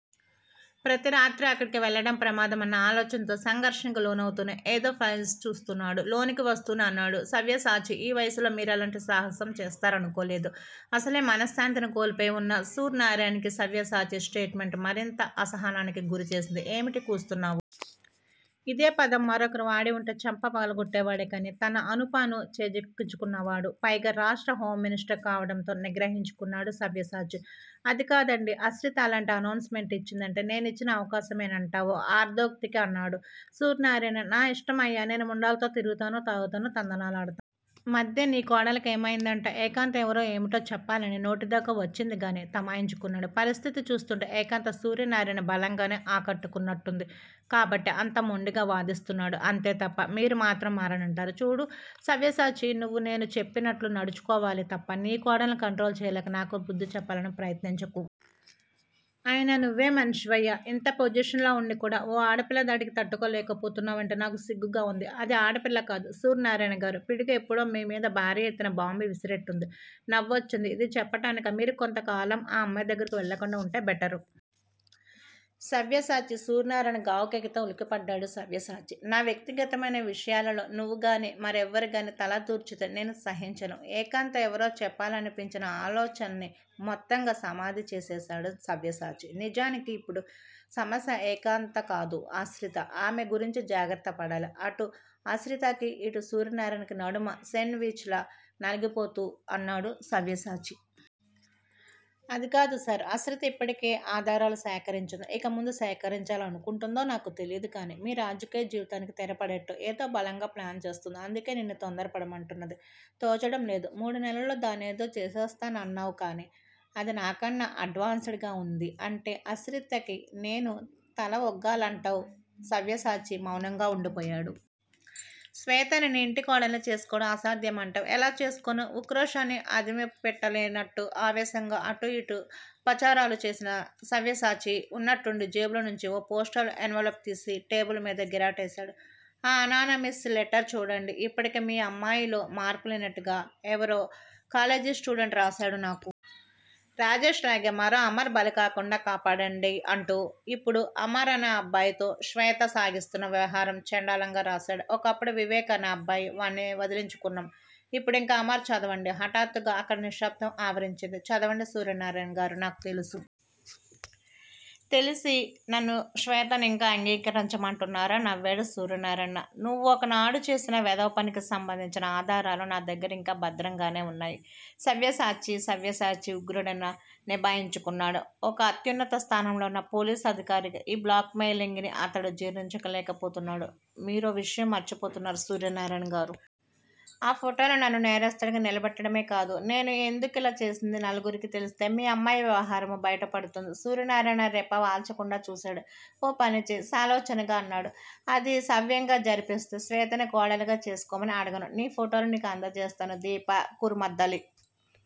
ప్రతి రాత్రీ అక్కడికి వెళ్ళడం ప్రమాదమన్న ఆలోచనతో సంఘర్షణకి లోనవుతూనే ఏదో ఫైల్స్ చూస్తున్నాడు. లోనికి వస్తూనే అన్నాడు సవ్యసాచి ఈ వయసులో మీరిలాంటి సాహసం చేస్తారనుకోలేదు. అసలే మనశ్శాంతిని కోల్పోయి వున్న సూర్నారాయణకి సవ్యసాచి స్టేట్ మెంట్ మరింత అసహనానికి గురిచేసింది. ఏమిటి కూస్తున్నావు? ఇదే పదం మరొకరు వాడి వుంటే చెంప పగలగొట్టేవాడే కాని తన అనూపానూ చేజిక్కించుకున్న వాడు, పైగా రాష్ట్ర హోం మినిస్టర్ కావడంతో నిగ్రహించుకున్నాడు సవ్యసాచి. అది కాదండీ ఆశ్రిత అలాంటి అనౌన్స్ మెంటిచ్చిందంటే నేనిచ్చిన అవకాశమేనంటావు అర్దోక్తిగా అన్నాడు సూర్నారాయణ. నా యిష్టమయ్యా నేను ముండలతో తిరుగుతాను, తాగుతాను, తందనాలాడతాను. మధ్య నీకోడలికేమయిందటా? ఏకాంత ఎవరో ఏమిటో చెప్పాలని నోటిదాకా వచ్చింది గాని తమాయించుకున్నాడు. పరిస్థితి చూస్తుంటే ఏకాంత సూర్నారాయణ్ని బలంగానే ఆకట్టుకున్నట్టుంది. కాబట్టే అంత మొండిగా వాదిస్తున్నాడు. అంతే తప్ప మీరు మాత్రం మారనంటారు. చూడు సవ్యసాచీ నువ్వు నేను చెప్పినట్లు నడుచుకోవాలి తప్ప నీకోడల్ని కంట్రోల్ చేయలేక నాకు బుద్ది చెప్పాలని ప్రయత్నించకు. అయినా నువ్వేం మనిషివయ్యా! ఇంత పొజిషన్ లో వుండి కూడా ఓ ఆడపిల్లధాటికి తట్టుకోలేకపోతున్నావంటే నాకు సిగ్గుగా వుంది అది ఆడపిల్ల కాదు సూర్నారాయణగారూ! పిడుగు ఎప్పుడో మీ మీద భారీ యెత్తున బాంబు విసిరేట్టుంది. నవ్వొచ్చింది యిది చెప్పటానికా? మీరు కొంతకాలం ఆ అమ్మాయి దగ్గరకు వెళ్ళకుండా వుంటే బెటరు. సవ్యసాచీ! సూర్నారాయణ గావుకేకతో ఉలిక్కిపడ్డాడు సవ్యసాచి. నా వ్యక్తిగతమైన విషయాలలో నువ్వుగాని, మరెవ్వరుగానీ తలదూర్చితే నేను సహించను. ఏకాంత ఎవరో చెప్పాలనిపించిన ఆలోచన్ని మొత్తంగా సమాధిచేసేశాడు సవ్యసాచి. నిజానికి ఇప్పుడు సమస్య ఏకాంతకాదు ఆశ్రిత. ఆమె గురించి జాగ్రత్తపడాలి. అటు ఆశ్రితకీ, ఇటు సూర్నారాయణకీ నడుమ సేండ్ విచ్ లా నలిగిపోతూ అన్నాడు సవ్యసాచి. అదికాదు సర్! ఆశ్రిత ఇప్పటికే ఆధారాలు సేకరించిందో, ఇక ముందు సేకరించాలనుకుంటుందో నాకు తెలీదు కాని మీ రాజకీయ జీవితానికి తెరపడేట్టు ఏదో బలంగా ప్లాన్ చేస్తుంది. అందుకే నిన్ను తొందరపడమంటున్నది. తోచడం లేదు. మూడు నెలల్లో దాన్నేదో చేసేస్తానన్నావ్? కాని అది నాకన్నా అడ్వాన్స్ డ్ గా వుంది అంటే ఆశ్రితకి నేను తల ఒగ్గాలంటావ్ సవ్యసాచి మౌనంగా వుండిపోయాడు. శ్వేతని నీ ఇంటి కోడల్ని చేసుకోవడం అసాధ్యమంటావ్? ఎలా చేసుకోను? ఉక్రోషాన్ని అదిమిపెట్టలేనట్టు ఆవేశంగా అటూ యిటూ పచారాలు చేసిన సవ్యసాచి వున్నట్టుండీ జేబులో నుంచి ఓ పోస్టల్ ఎన్వలప్ తీసి టేబుల్ మీద గిరాటేశాడు. ఆ అనానిమస్ లెటర్ చూడండి. ఇప్పటికీ మీ అమ్మాయిలో మార్పు లేనట్టుగా ఎవరో కాలేజీస్టూడెంట్ రాశాడు నాకు. రాజేష్ లాగే మరో 'అమర్' బలికాకుండా కాపాడండీ అంటూ ఇప్పుడు అమర్ అనే అబ్బాయితో శ్వేత సాగిస్తున్న వ్యవహారం చెండాలంగా రాశాడు. ఒకప్పుడు వివేక్ అనే అబ్బాయి వాడ్ని వదిలించుకున్నాం. ఇప్పుడింక అమర్ చదవండి. హఠాత్తుగా అక్కడ నిశ్శబ్దం ఆవరించింది. చదవండి సూర్నారాయణగారూ! నాకు తెలుసు. తెలిసీ నన్ను శ్వేతనింకా అంగీకరించమంటున్నారా? నవ్వాడు సూర్నారాయణ నువ్వొకనాడు చేసిన వెధవ పనికి సంబంధించిన ఆధారాలు నా దగ్గర ఇంకా భద్రంగానే వున్నాయి సవ్యసాచీ! సవ్యసాచి ఉగ్రుడైనా నిభాయించుకున్నాడు. ఒక అత్యున్నత స్థానంలో వున్న పోలీస్ అధికారిని ఈ బ్లాక్ మెయిలింగ్ ని అతడు జీర్ణించుకోలేకపోతున్నాడు మీరో విషయం మరిచిపోతున్నారు సూర్నారాయణ గారూ! ఆ ఫోటోలు నన్ను నేరస్థుడిగా నిలబెట్టడమే కాదు, నేను ఎందుకిలా చేసిందీ నలుగురికీ తెలిస్తే మీ అమ్మాయి వ్యవహారమూ బయట పడుతుంది సూర్నారాయణ రెప్పవాల్చకుండా చూశాడు. ఓ పని చెయ్ సాలోచనగా అన్నాడు. అది సవ్యంగా జరిపిస్తే శ్వేతని కోడలుగా చేసుకోమని అడగను. నీ ఫోటోలు నీకు అందజేస్తాను. దీప -కురుమద్దలి